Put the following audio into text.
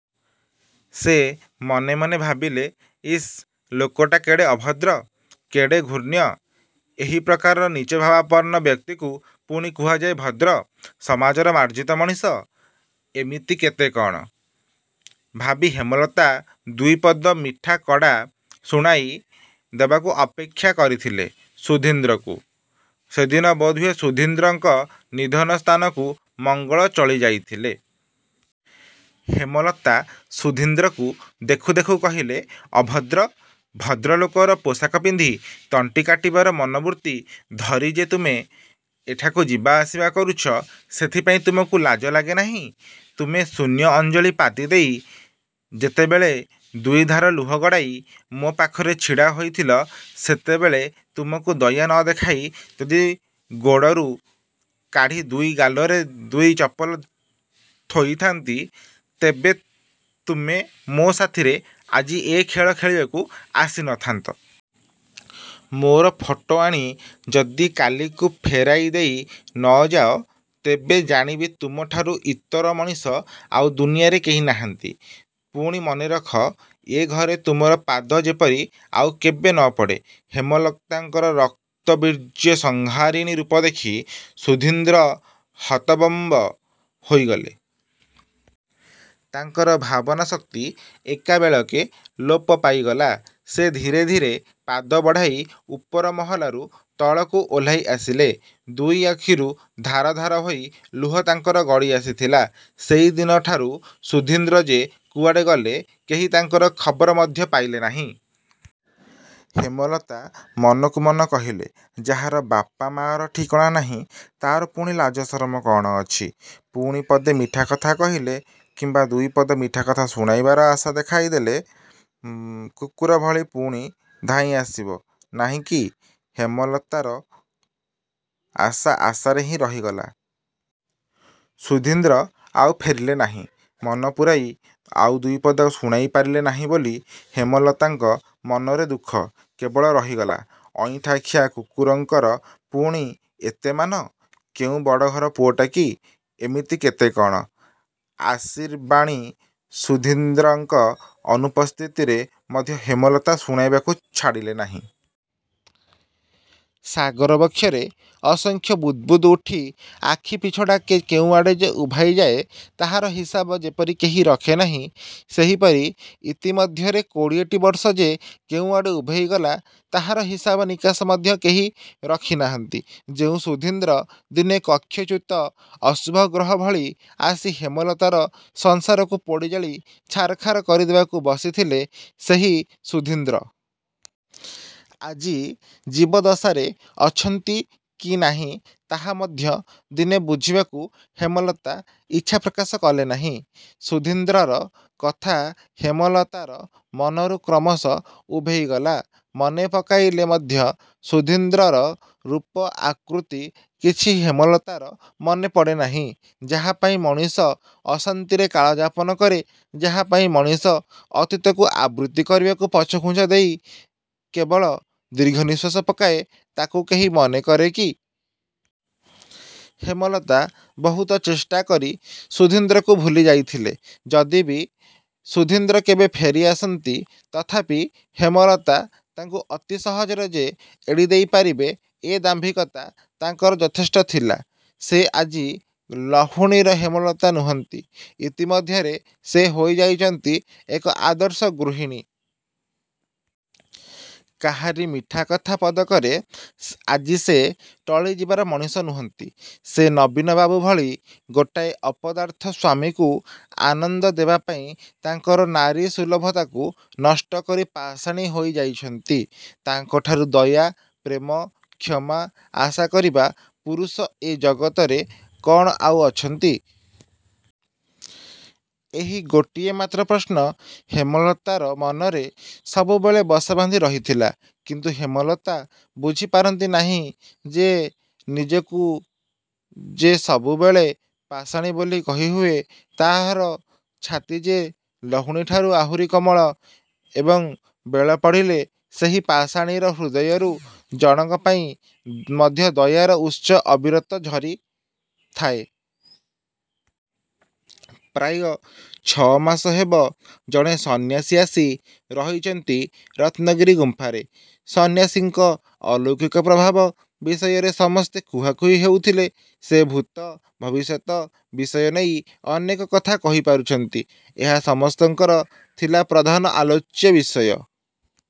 ସେ ମନେମନେ ଭାବିଲେ, ''ଇସ୍ ଲୋକଟା କେଡ଼େ ଅଭଦ୍ର, କେଡ଼େ ଘୃଣ୍ୟ? ଏହିପ୍ରକାର ନୀଚଭାବାପନ୍ନ ବ୍ୟକ୍ତିକୁ ପୁଣି କୁହାଯାଏ ଭଦ୍ର ସମାଜର ମାର୍ଜିତ ମଣିଷ? ଏମିତି କେତେ କ'ଣ ଭାବି ହେମଲତା ଦୁଇପଦ ମିଠାକଡ଼ା ଶୁଣାଇ ଦେବାକୁ ଅପେକ୍ଷା କରିଥିଲେ ସୁଧୀନ୍ଦ୍ରକୁ। '' ସେଦିନ ବୋଧହୁଏ ସୁଧୀନ୍ଦ୍ରଙ୍କ ନିଧନ ସ୍ଥାନକୁ ମଙ୍ଗଳ ଚଳିଯାଇଥିଲେ। ହେମଲତା ସୁଧୀନ୍ଦ୍ରକୁ ଦେଖୁଦେଖୁ କହିଲେ, ''ଅଭଦ୍ର! ଭଦ୍ରଲୋକର ପୋଷାକ ପିନ୍ଧି ତଣ୍ଟି କାଟିବାର ମନୋବୃତ୍ତି ଧରି ଯେ ତୁମେ ଏଠାକୁ ଯିବାଆସିବା କରୁଛ, ସେଥିପାଇଁ ତୁମକୁ ଲାଜ ଲାଗେନାହିଁ। ତୁମେ ଶୂନ୍ୟ ଅଞ୍ଜଳି ପାତିଦେଇ ଯେତେବେଳେ ଦୁଇଧାର ଲୁହ ଗଡ଼ାଇ ମୋ ପାଖରେ ଛିଡ଼ା ହୋଇଥିଲ, ସେତେବେଳେ ତୁମକୁ ଦୟା ନ ଦେଖାଇ ଯଦି ଗୋଡ଼ରୁ କାଢ଼ି ଦୁଇ ଗାଳରେ ଦୁଇ ଚପଲ ଥୋଇଥାନ୍ତି, ତେବେ ତୁମେ ମୋ ସାଥୀରେ ଆଜି ଏ ଖେଳ ଖେଳିବାକୁ ଆସିନଥାନ୍ତ? ମୋର ଫଟୋ ଆଣି ଯଦି କାଲିକୁ ଫେରାଇ ଦେଇ ନ ଯାଅ ତେବେ ଜାଣିବି ତୁମଠାରୁ ଇତର ମଣିଷ ଆଉ ଦୁନିଆରେ କେହି ନାହାନ୍ତି। ପୁଣି ମନେରଖ, ଏ ଘରେ ତୁମର ପାଦ ଯେପରି ଆଉ କେବେ ନ ପଡ଼େ। '' ହେମଲତାଙ୍କ ରକ୍ତବୀର୍ଯ୍ୟ ସଂହାରିଣୀ ରୂପଦେଖି ସୁଧୀନ୍ଦ୍ର ହତବମ୍ବ ହୋଇଗଲେ। ତାଙ୍କର ଭାବନାଶକ୍ତି ଏକାବେଳକେ ଲୋପ ପାଇଗଲା। ସେ ଧୀରେ ଧୀରେ ପାଦ ବଢ଼ାଇ ଉପର ମହଲାରୁ ତଳକୁ ଓହ୍ଲାଇ ଆସିଲେ। ଦୁଇ ଆଖିରୁ ଧାର ଧାର ହୋଇ ଲୁହ ତାଙ୍କର ଗଡ଼ିଆସିଥିଲା। ସେହିଦିନଠାରୁ ସୁଧୀନ୍ଦ୍ର ଯେ କୁଆଡ଼େ ଗଲେ କେହି ତାଙ୍କର ଖବର ମଧ୍ୟ ପାଇଲେ ନାହିଁ। ହେମଲତା ମନକୁ ମନ କହିଲେ, ଯାହାର ବାପ ମାଆର ଠିକଣା ନାହିଁ ତା'ର ପୁଣି ଲାଜସରମ କ'ଣ ଅଛି? ପୁଣି ପଦେ ମିଠାକଥା କହିଲେ କିମ୍ବା ଦୁଇପଦ ମିଠାକଥା ଶୁଣାଇବାର ଆଶା ଦେଖାଇଦେଲେ କୁକୁରଭଳି ପୁଣି ଧାଇଁ ଆସିବ ନାହିଁକି? ହେମଲତାର ଆଶା ଆଶାରେ ହିଁ ରହିଗଲା। ସୁଧୀନ୍ଦ୍ର ଆଉ ଫେରିଲେ ନାହିଁ। ମନ ପୂରାଇ ଆଉ ଦୁଇପଦ ଶୁଣାଇ ପାରିଲେ ନାହିଁ ବୋଲି ହେମଲତାଙ୍କ ମନରେ ଦୁଃଖ କେବଳ ରହିଗଲା। ଅଇଁଠାଖିଆ କୁକୁରର ପୁଣି ଏତେ ମାନ? କେଉଁ ବଡ଼ଘର ପୁଅଟା କି? ଏମିତି କେତେ କ'ଣ ଆଶୀର୍ବାଣୀ ସୁଧୀନ୍ଦ୍ରଙ୍କ ଅନୁପସ୍ଥିତିରେ ମଧ୍ୟ ହେମଲତା ଶୁଣାଇବାକୁ ଛାଡ଼ିଲେ ନାହିଁ। ସାଗର ବକ୍ଷରେ ଅସଂଖ୍ୟ ବୁଦ୍ବୁଦ୍ ଉଠି ଆଖିପିଛଡ଼ାକେ କେଉଁଆଡ଼େ ଯେ ଉଭାଇଯାଏ ତାହାର ହିସାବ ଯେପରି କେହି ରଖେ ନାହିଁ, ସେହିପରି ଇତିମଧ୍ୟରେ କୋଡ଼ିଏଟି ବର୍ଷ ଯେ କେଉଁଆଡ଼େ ଉଭେଇଗଲା, ତାହାର ହିସାବ ନିକାଶ ମଧ୍ୟ କେହି ରଖିନାହାନ୍ତି। ଯେଉଁ ସୁଧୀନ୍ଦ୍ର ଦିନେ କକ୍ଷଚ୍ୟୁତ ଅଶୁଭଗ୍ରହ ଭଳି ଆସି ହେମଲତାର ସଂସାରକୁ ପୋଡ଼ିଜାଳି ଛାରଖାର କରିଦେବାକୁ ବସିଥିଲେ, ସେହି ସୁଧୀନ୍ଦ୍ର। ଆଜି ଜୀବଦ୍ଦଶାରେ ଅଛନ୍ତି କି ନାହିଁ, ତାହା ମଧ୍ୟ ଦିନେ ବୁଝିବାକୁ ହେମଲତା ଇଚ୍ଛା ପ୍ରକାଶ କଲେ ନାହିଁ। ସୁଧୀନ୍ଦ୍ରର କଥା ହେମଲତାର ମନରୁ କ୍ରମଶଃ ଉଭେଇଗଲା। ମନେପକାଇଲେ ମଧ୍ୟ ସୁଧୀନ୍ଦ୍ରର ରୂପ, ଆକୃତି କିଛି ହେମଲତାର ମନେପଡ଼େ ନାହିଁ। ଯାହାପାଇଁ ମଣିଷ ଅଶାନ୍ତିରେ କାଳ ଯାପନ କରେ, ଯାହାପାଇଁ ମଣିଷ ଅତୀତକୁ ଆବୃତ୍ତି କରିବାକୁ ପଛଘୁଞ୍ଚା ଦେଇ କେବଳ ଦୀର୍ଘନିଶ୍ୱାସ ପକାଏ, ତାକୁ କେହି ମନେକରେ କି? ହେମଲତା ବହୁତ ଚେଷ୍ଟାକରି ସୁଧୀନ୍ଦ୍ରକୁ ଭୁଲିଯାଇଥିଲେ। ଯଦି ବି ସୁଧୀନ୍ଦ୍ର କେବେ ଫେରିଆସନ୍ତି, ତଥାପି ହେମଲତା ତାଙ୍କୁ ଅତି ସହଜରେ ଯେ ଏଡ଼ିଦେଇ ପାରିବେ, ଏ ଦାମ୍ଭିକତା ତାଙ୍କର ଯଥେଷ୍ଟ ଥିଲା। ସେ ଆଜି ଲହୁଣୀର ହେମଲତା ନୁହଁନ୍ତି। ଇତିମଧ୍ୟରେ ସେ ହୋଇଯାଇଛନ୍ତି ଏକ ଆଦର୍ଶ ଗୃହିଣୀ। କାହାରି ମିଠାକଥା ପଦକରେ ଆଜି ସେ ଟଳିଯିବାର ମଣିଷ ନୁହଁନ୍ତି। ସେ ନବୀନବାବୁ ଭଳି ଗୋଟାଏ ଅପଦାର୍ଥ ସ୍ୱାମୀକୁ ଆନନ୍ଦ ଦେବାପାଇଁ ତାଙ୍କର ନାରୀସୁଲଭତାକୁ ନଷ୍ଟକରି ପାଷାଣୀ ହୋଇଯାଇଛନ୍ତି। ତାଙ୍କଠାରୁ ଦୟା, ପ୍ରେମ, କ୍ଷମା ଆଶା କରିବା ପୁରୁଷ ଏ ଜଗତରେ କ'ଣ ଆଉ ଅଛନ୍ତି? ଏହି ଗୋଟିଏ ମାତ୍ର ପ୍ରଶ୍ନ ହେମଲତାର ମନରେ ସବୁବେଳେ ବସାବାନ୍ଧି ରହିଥିଲା। କିନ୍ତୁ ହେମଲତା ବୁଝିପାରନ୍ତି ନାହିଁ ଯେ, ନିଜକୁ ଯେ ସବୁବେଳେ ପାଷାଣୀ ବୋଲି କହିହୁଏ, ତାହାର ଛାତି ଯେ ଲହୁଣୀଠାରୁ ଆହୁରି କୋମଳ ଏବଂ ବେଳ ପଡ଼ିଲେ ସେହି ପାଷାଣୀର ହୃଦୟରୁ ଜଣକ ପାଇଁ ମଧ୍ୟ ଦୟାର ଉତ୍ସ ଅବିରତ ଝରିଥାଏ। ପ୍ରାୟ ଛଅ ମାସ ହେବ ଜଣେ ସନ୍ୟାସୀ ଆସି ରହିଛନ୍ତି ରତ୍ନଗିରି ଗୁମ୍ପାରେ। ସନ୍ୟାସୀଙ୍କ ଅଲୌକିକ ପ୍ରଭାବ ବିଷୟରେ ସମସ୍ତେ କୁହାକୁହି ହେଉଥିଲେ। ସେ ଭୂତ, ଭବିଷ୍ୟତ ବିଷୟନେଇ ଅନେକ କଥା କହିପାରୁଛନ୍ତି ଏହା ସମସ୍ତଙ୍କର ଥିଲା ପ୍ରଧାନ ଆଲୋଚ୍ୟ ବିଷୟ।